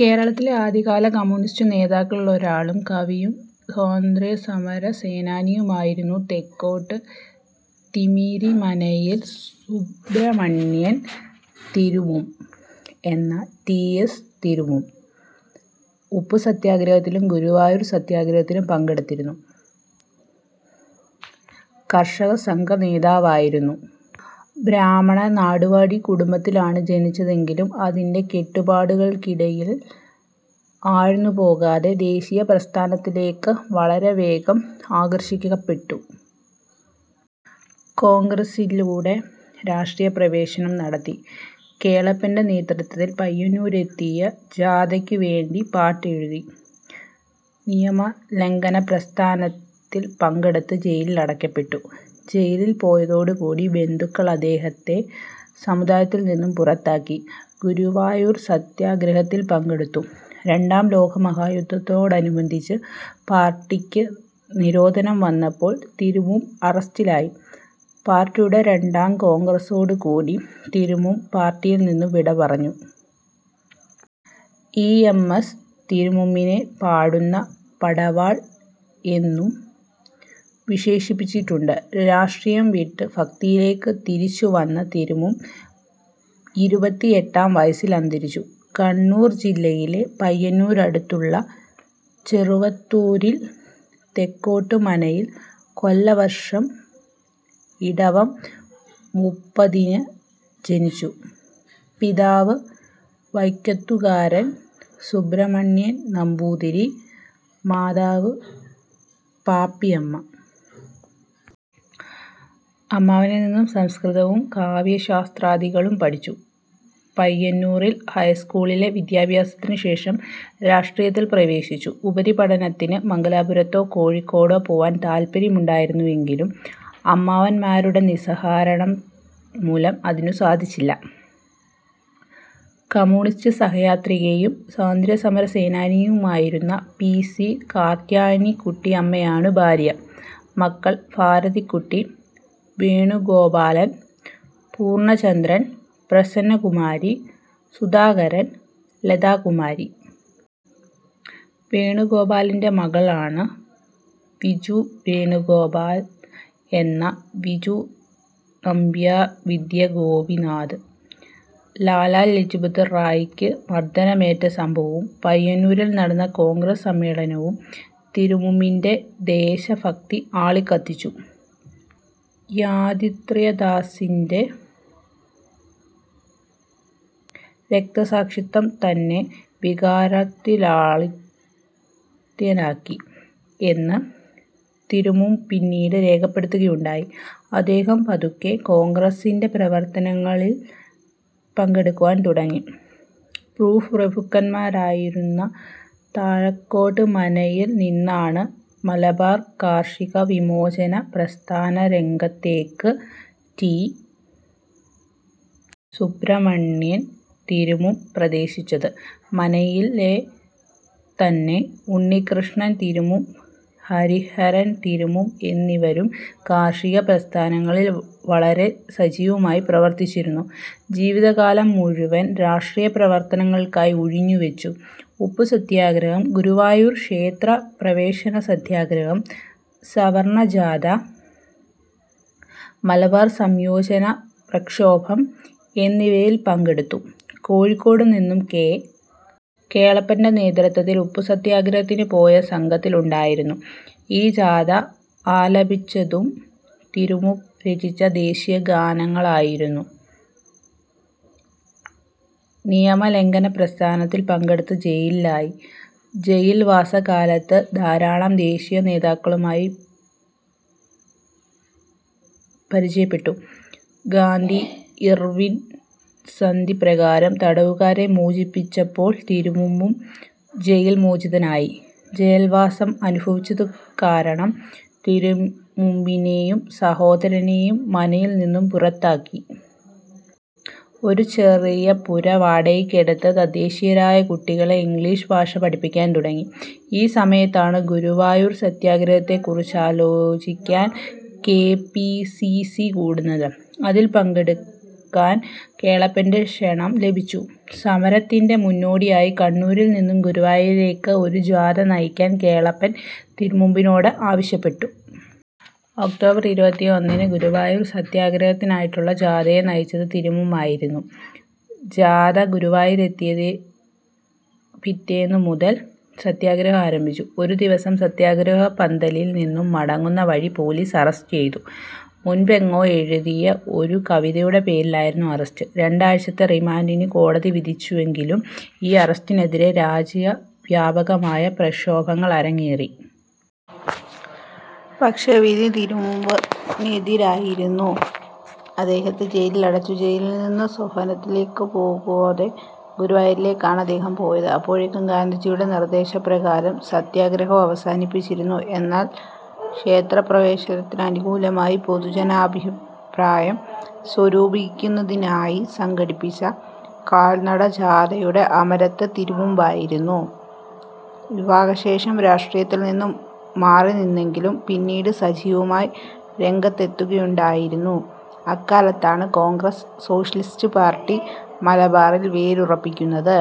കേരളത്തിലെ ആദ്യകാല കമ്മ്യൂണിസ്റ്റു നേതാക്കളിലൊരാളും കവിയും സ്വാതന്ത്രസമരസേനാനിയുമായിരുന്നു തെക്കോട്ടു തിമിരിമനയിൽ സുബ്രഹ്മണ്യൻ തിരുമുമ്പ് എന്ന ടി. എസ്. തിരുമുമ്പ്. ഉപ്പു സത്യാഗ്രഹത്തിലും ഗുരുവായൂർ സത്യാഗ്രഹത്തിലും പങ്കെടുത്തിരുന്നു. കർഷക സംഘം നേതാവായിരുന്നു. ബ്രാഹ്മണനാടുവാഴി കുടുംബത്തിലാണ് ജനിച്ചതെങ്കിലും അതിന്റെ കെട്ടുപാടുകൾക്കിടയിൽ ആഴ്ന്നു പോകാതെ ദേശീയപ്രസ്ഥാനത്തിലേക്ക് വളരെ വേഗം ആകർഷിക്കപ്പെട്ടു. കോൺഗ്രസ്സിലൂടെ രാഷ്ട്രീയപ്രവേശനം നടത്തി. കേളപ്പന്റെ നേതൃത്വത്തിൽ പയ്യന്നൂരെത്തിയ ജാഥക്കു വേണ്ടി പാട്ടെഴുതി. നിയമലംഘനപ്രസ്ഥാനത്തിൽ പങ്കെടുത്ത് ജയിലിലടക്കപ്പെട്ടു. ജയിലിൽ പോയതോടുകൂടി ബന്ധുക്കൾ അദ്ദേഹത്തെ സമുദായത്തിൽ നിന്നും പുറത്താക്കി. ഗുരുവായൂർ സത്യാഗ്രഹത്തിൽ പങ്കെടുത്തു. രണ്ടാം ലോകമഹായുദ്ധത്തോടനുബന്ധിച്ച് പാർട്ടിക്ക് നിരോധനം വന്നപ്പോൾ തിരുമുമ്പ് അറസ്റ്റിലായി. പാർട്ടിയുടെ രണ്ടാം കോൺഗ്രസ്സോടുകൂടി തിരുമുമ്പ് പാർട്ടിയിൽ നിന്നും വിടപറഞ്ഞു. ഇ. എം. എസ്സ് തിരുമുമ്പിനെ പാടുന്ന പടവാൾ എന്നു വിശേഷിപ്പിച്ചിട്ടുണ്ട്. രാഷ്ട്രീയം വിട്ട് ഭക്തിയിലേക്ക് തിരിച്ചുവന്ന തിരുമുമ്പ് എഴുപത്തിഎട്ടാം വയസ്സിൽ അന്തരിച്ചു. കണ്ണൂർ ജില്ലയിലെ പയ്യന്നൂരിനടുത്തുള്ള ചെറുവത്തൂരിൽ, തെക്കോട്ടു മനയിൽ കൊല്ല വർഷം ഇടവം മുപ്പതിന് ജനിച്ചു. പിതാവ് വൈക്കത്തുകാരൻ സുബ്രഹ്മണ്യൻ നമ്പൂതിരി, മാതാവ് പാപ്പിയമ്മ. അമ്മാവനിൽ നിന്ന് സംസ്കൃതവും കാവ്യശാസ്ത്രാദികളും പഠിച്ചു. പയ്യന്നൂരിൽ ഹൈസ്കൂളിലെ വിദ്യാഭ്യാസത്തിനു ശേഷം രാഷ്ട്രീയത്തിൽ പ്രവേശിച്ചു. ഉപരിപഠനത്തിന് മംഗലാപുരത്തോ, കോഴിക്കോടോ പോവാൻ താൽപര്യമുണ്ടായിരുന്നുവെങ്കിലും അമ്മാവന്മാരുടെ നിസ്സഹകരണം മൂലം അതിനു സാധിച്ചില്ല. കമ്മ്യൂണിസ്റ്റ് സഹയാത്രികയും സ്വാതന്ത്ര്യസമരസേനാനിയുമായിരുന്ന പി. സി കാർത്യായനിക്കുട്ടിയമ്മയാണു ഭാര്യ. മക്കൾ ഭാരതിക്കുട്ടി, വേണുഗോപാലൻ, പൂർണ്ണചന്ദ്രൻ, പ്രസന്നകുമാരി, സുധാകരൻ, ലതാകുമാരി. വേണുഗോപാലിന്റെ മകളാണു. വിജുവേണുഗോപാൽ എന്ന വിജുനമ്പ്യാർവിദ്യഗോപിനാഥ് ലാലാലജ്പത് റായിക്ക് മർദ്ദനമേറ്റ സംഭവവും, പയ്യന്നൂരിൽ നടന്ന കോൺഗ്രസ്സ് സമ്മേളനവും തിരുമുമ്പിന്റെ ദേശഭക്തി ആളിക്കത്തിച്ചു. യാതിത്രദാസിന്റെ രക്തസാക്ഷിത്വം തന്നെ വികാരതരളിതനാക്കി എന്ന് തിരുമുമ്പ് പിന്നീട് രേഖപ്പെടുത്തുകയുണ്ടായി. അദ്ദേഹം പതുക്കെ, കോൺഗ്രസ്സിന്റെ പ്രവർത്തനങ്ങളിൽ പങ്കെടുക്കാൻ തുടങ്ങി. ഭൂപ്രഭുക്കന്മാരായിരുന്ന താഴെക്കാട്ട് മനയിൽ നിന്നാണ് മലബാർ കർഷക വിമോചന പ്രസ്ഥാന രംഗത്തേക്ക് ടി. സുബ്രഹ്മണ്യൻ തിരുമുമ്പ് പ്രവേശിച്ചത്. മനയിലെ തന്നെ ഉണ്ണികൃഷ്ണൻ തിരുമുമ്പ്, ഹരിഹരൻ തിരുമുമ്പ് എന്നിവരും കർഷക പ്രസ്ഥാനത്തിൽ വളരെ സജീവമായി പ്രവർത്തിച്ചിരുന്നു. ജീവിതകാലം മുഴുവൻ രാഷ്ട്രീയപ്രവർത്തനങ്ങൾക്കായി ഉഴിഞ്ഞുവച്ചു. ഉപ്പു സത്യാഗ്രഹം, ഗുരുവായൂർ ക്ഷേത്രപ്രവേശന സത്യഗ്രഹം, സവർണജാഥ, മലബാർ സംയോജന പ്രക്ഷോഭം എന്നിവയിൽ പങ്കെടുത്തു. കോഴിക്കോട് നിന്ന് കെ. കേളപ്പന്റെ നേതൃത്വത്തിൽ ഉപ്പുസത്യാഗ്രഹത്തിന് പോയ സംഘത്തിൽ ഉണ്ടായിരുന്നു. ഈ ജാഥയിൽ ആലപിച്ചതു തിരുമുമ്പ് രചിച്ച ദേശീയ ഗാനങ്ങളായിരുന്നു. നിയമലംഘന പ്രസ്ഥാനത്തിൽ പങ്കെടുത്ത് ജയിലിലായി. ജയിൽവാസകാലത്ത് ധാരാളം ദേശീയ നേതാക്കളുമായി പരിചയപ്പെട്ടു. ഗാന്ധി-ഇർവിൻ സന്ധി പ്രകാരം തടവുകാരെ മോചിപ്പിച്ചപ്പോൾ തിരുമുമ്പും ജയിൽ മോചിതനായി. ജയിൽവാസം അനുഭവിച്ചതുകാരണം തിരുമുമ്പിനേയും സഹോദരനേയും മനയിൽ നിന്നും പുറത്താക്കി. ഒരു ചെറിയ പുര വാടകക്കെടുത്ത് തദ്ദേശീയരായ കുട്ടികളെ ഇംഗ്ലീഷ് ഭാഷ പഠിപ്പിക്കുവാൻ തുടങ്ങി. ഈ സമയത്താണ് ഗുരുവായൂർ സത്യാഗ്രഹത്തെക്കുറിച്ചാലോചിക്കാൻ കെ. പി. സി. സി കൂടുന്നത്, അതിൽ പങ്കെടുക്കാൻ കേളപ്പന്റെ ക്ഷണം ലഭിച്ചു. സമരത്തിന്റെ മുന്നോടിയായി കണ്ണൂരിൽ നിന്നും ഗുരുവായൂരിലേക്ക് ഒരു ജാഥ നയിക്കാൻ കേളപ്പൻ തിരുമുമ്പിനോട് ആവശ്യപ്പെട്ടു. ഒക്ടോബർ ഇരുപത്തിഒന്നിന് ഗുരുവായൂർ സത്യാഗ്രഹത്തിനായിട്ടുള്ള ജാഥയെ നയിച്ചത് തിരുമുമ്പായിരുന്നു. ജാഥ ഗുരുവായൂരിലെത്തിയ പിറ്റേന്നു മുതൽ സത്യാഗ്രഹം ആരംഭിച്ചു. ഒരു ദിവസം സത്യാഗ്രഹപന്തലിൽ നിന്നും മടങ്ങുന്ന വഴി പോലീസ് അറസ്റ്റ് ചെയ്തു. മുൻപെങ്ങോ എഴുതിയ ഒരു കവിതയുടെ പേരിലായിരുന്നു അറസ്റ്റ്. രണ്ടാഴ്ചത്തെ റിമാൻഡിനു കോടതി വിധിച്ചുവെങ്കിലും, ഈ അറസ്റ്റിനെതിരേ രാജ്യവാപകമായ പ്രക്ഷോഭങ്ങൾ അരങ്ങേറി. പക്ഷേ വിധി തിരുമുമ്പിനെതിരായിരുന്നു. അദ്ദേഹത്തെ ജയിലിലടച്ചു. ജയിലിൽ നിന്നും സ്വഭവനത്തിലേക്കു പോകാതെ ഗുരുവായൂരിലേക്കാണ് അദ്ദേഹം പോയത്. അപ്പോഴേക്കും ഗാന്ധിജിയുടെ നിർദ്ദേശപ്രകാരം സത്യാഗ്രഹം അവസാനിപ്പിച്ചിരുന്നു, എന്നാൽ ക്ഷേത്രപ്രവേശനത്തിനനകൂലമായി പൊതുജനാഭിപ്രായം സ്വരൂപിക്കുന്നതിനായി സംഘടിപ്പിച്ച കാൽനട ജാഥയുടെ അമരത്ത് തിരുമുമ്പായിരുന്നു. വിവാഹശേഷം രാഷ്ട്രീയത്തിൽ നിന്നും മാറിനിന്നെങ്കിലും, പിന്നീട് സജീവമായി രംഗത്തെത്തുകയായിരുന്നു. അക്കാലത്താണ് കോൺഗ്രസ്സ് സോഷ്യലിസ്റ്റ് പാർട്ടി മലബാറിൽ വേരുറപ്പിക്കുന്നത്.